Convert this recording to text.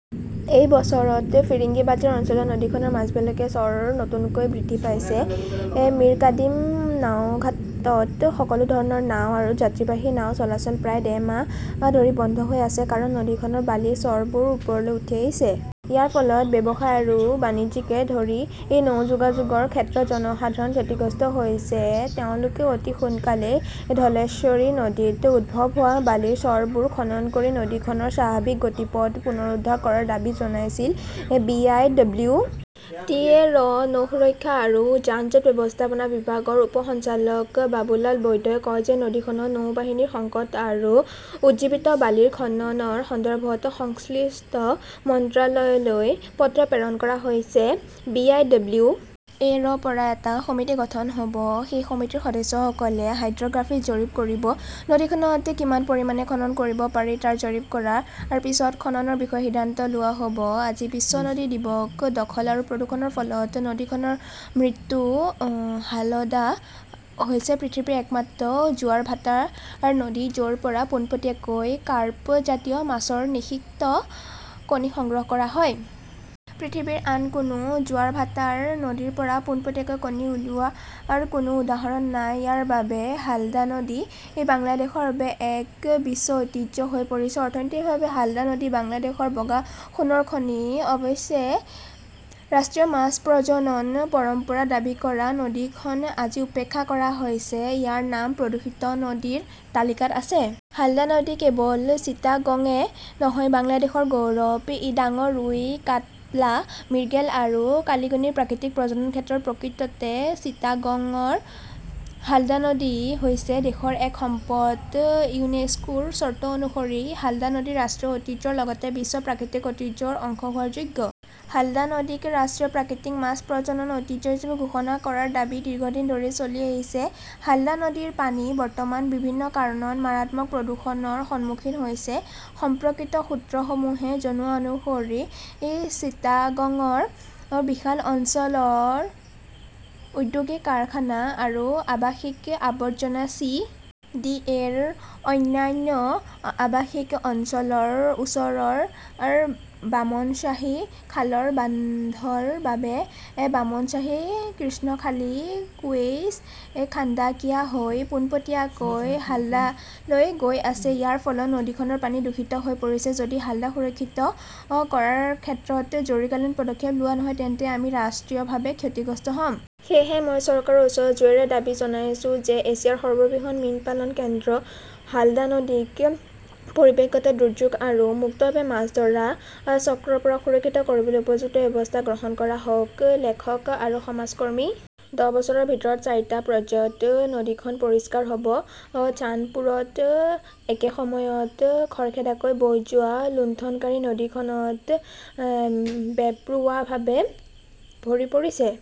এই বছৰত ফিৰিঙ্গিবাজাৰ অঞ্চলত নদীখনৰ মাজভাগলৈকে চৰ নতুনকৈ বৃদ্ধি পাইছে। এই মিৰকাদিম নাওঘাটত সকলো ধৰণৰ নাও আৰু যাত্ৰীবাহী নাও চলাচল প্ৰায় ডেৰ মাহ ধৰি বন্ধ হৈ আছে কাৰণ নদীখনৰ বালিৰ চৰবোৰ ওপৰলৈ উঠি আহিছে। ইয়াৰ ফলত ব্যৱসায় আৰু বাণিজ্যিকে ধৰি এই নৌ যোগাযোগৰ ক্ষেত্ৰত জনসাধাৰণ ক্ষতিগ্ৰস্ত হৈছে। তেওঁলোকে অতি সোনকালেই ধলেশ্বৰী নদীত উদ্ভৱ হোৱা বালিৰ চৰবোৰ খনন কৰি নদীখনৰ স্বাভাৱিক গতিপথ পুনৰুদ্ধাৰ কৰাৰ দাবী জনাইছিল। B. I. W. T. A. ৰ নৌ সুৰক্ষা আৰু যান-জঁট ব্যৱস্থাপনা বিভাগৰ উপ সঞ্চালক বাবু লাল বৈদ্যই কয় যে নদীখনত নৌবাহিনীৰ সংকট আৰু উজ্জীৱিত বালিৰ খননৰ সন্দৰ্ভত সংশ্লিষ্ট মন্ত্ৰালয়লৈ পত্ৰ প্ৰেৰণ কৰা হৈছে। বি. আই. ডব্লিউ. এ.ৰ পৰা এটা সমিতি গঠন কৰা হ'ব। সেই সমিতিৰ সদস্যসকলে হাইড্ৰ'গ্ৰাফী জৰীপ কৰিব। নদীখনত কিমান পৰিমাণে খনন কৰিব পাৰি তাৰ জৰীপ কৰাৰ পিছত খননৰ বিষয়ে সিদ্ধান্ত লোৱা হ'ব। আজি বিশ্ব নদী দিৱস, দখল আৰু প্ৰদূষণৰ ফলত নদীখনৰ মৃত্যু উম, হালদা হৈছে পৃথিৱীৰ একমাত্ৰ জোৱাৰ ভাটাৰ নদী য'ৰ পৰা পোনপটীয়াকৈ কাৰ্প জাতীয় মাছৰ নিষিক্ত কণী সংগ্ৰহ কৰা হয়। পৃথিৱীৰ আন কোনো জোৱাৰ ভাটাৰ নদীৰ পৰা পোনপটীয়াকৈ কণী উলিওৱাৰ কোনো উদাহৰণ নাই। ইয়াৰ বাবেই হালদা নদী বাংলাদেশৰ বাবে এক বিশ্ব ঐতিহ্য হৈ পৰিছে। অৰ্থনৈতিকভাৱে হালদা নদী বাংলাদেশৰ বগা সোণৰ খনি। অৱশ্যে, ৰাষ্ট্ৰীয় মাছ প্ৰজনন পৰম্পৰা দাবী কৰা নদীখন আজি উপেক্ষা কৰা হৈছে, ইয়াৰ নাম প্ৰদূষিত নদীৰ তালিকাত আছে। হালদা নদী কেৱল চিটাগংয়ে নহয়, বাংলাদেশৰ গৌৰৱ। ই ডাঙৰ ৰুই, কাৎলা, মিৰ্গেল আৰু কালিগনিৰ প্ৰাকৃতিক প্ৰজনন ক্ষেত্ৰ। প্ৰকৃততে চিটাগংৰ হালদা নদী হৈছে দেশৰ এক সম্পদ। ইউনেস্কোৰ চৰ্ত অনুসৰি হালদা নদী ৰাষ্ট্ৰীয় ঐতিহ্যৰ লগতে বিশ্ব প্ৰাকৃতিক ঐতিহ্যৰ অংশ হোৱাৰ যোগ্য। হালদা নদীক ৰাষ্ট্ৰীয় প্ৰাকৃতিক মাছ প্ৰজনন ঐতিহ্য হিচাপে ঘোষণা কৰাৰ দাবী দীৰ্ঘদিন ধৰি চলি আহিছে। হালদা নদীৰ পানী বৰ্তমান বিভিন্ন কাৰণত মাৰাত্মক প্ৰদূষণৰ সন্মুখীন হৈছে। সম্পৰ্কিত সূত্ৰসমূহে জনোৱা অনুসৰি, এই চিটাগংৰ বিশাল অঞ্চলৰ ঔদ্যোগিক কাৰখানা আৰু আৱাসিক আৱৰ্জনা চি. ডি. এ. ৰ অন্যান্য আৱাসিক অঞ্চলৰ ওচৰৰ বামনশ্বাহী খালৰ বান্ধৰ বাবে বামনশ্বাহী, কৃষ্ণখালী, কুৱেইশ খাণ্ডাকিয়া হৈ পোনপটীয়াকৈ হালদালৈ গৈ আছে। ইয়াৰ ফলত নদীখনৰ পানী দূষিত হৈ পৰিছে। যদি হালদা সুৰক্ষিত কৰাৰ ক্ষেত্ৰত জৰুৰীকালীন পদক্ষেপ লোৱা নহয় তেন্তে আমি ৰাষ্ট্ৰীয়ভাৱে ক্ষতিগ্ৰস্ত হ'ম। সেয়েহে, মই চৰকাৰৰ ওচৰত জোৰেৰে দাবী জনাইছো যে এছিয়াৰ সৰ্ববৃহৎ মীন পালন কেন্দ্ৰ হালদা নদীক পৰিৱেশগত দুৰ্যোগ আৰু মুক্তভাৱে মাছ ধৰা চক্ৰৰ পৰা সুৰক্ষিত কৰিবলৈ উপযুক্ত ব্যৱস্থা গ্ৰহণ কৰা হওক লেখক আৰু সমাজ কৰ্মী। দহ বছৰৰ ভিতৰত চাৰিটা পৰ্যায়ত নদীখন পৰিষ্কাৰ হ'ব । চান্দপুৰত একে সময়ত খৰখেদাকৈ বৈ যোৱা লুণ্ঠনকাৰী নদীখনত বেপৰোৱাভাৱে ভৰি পৰিছে।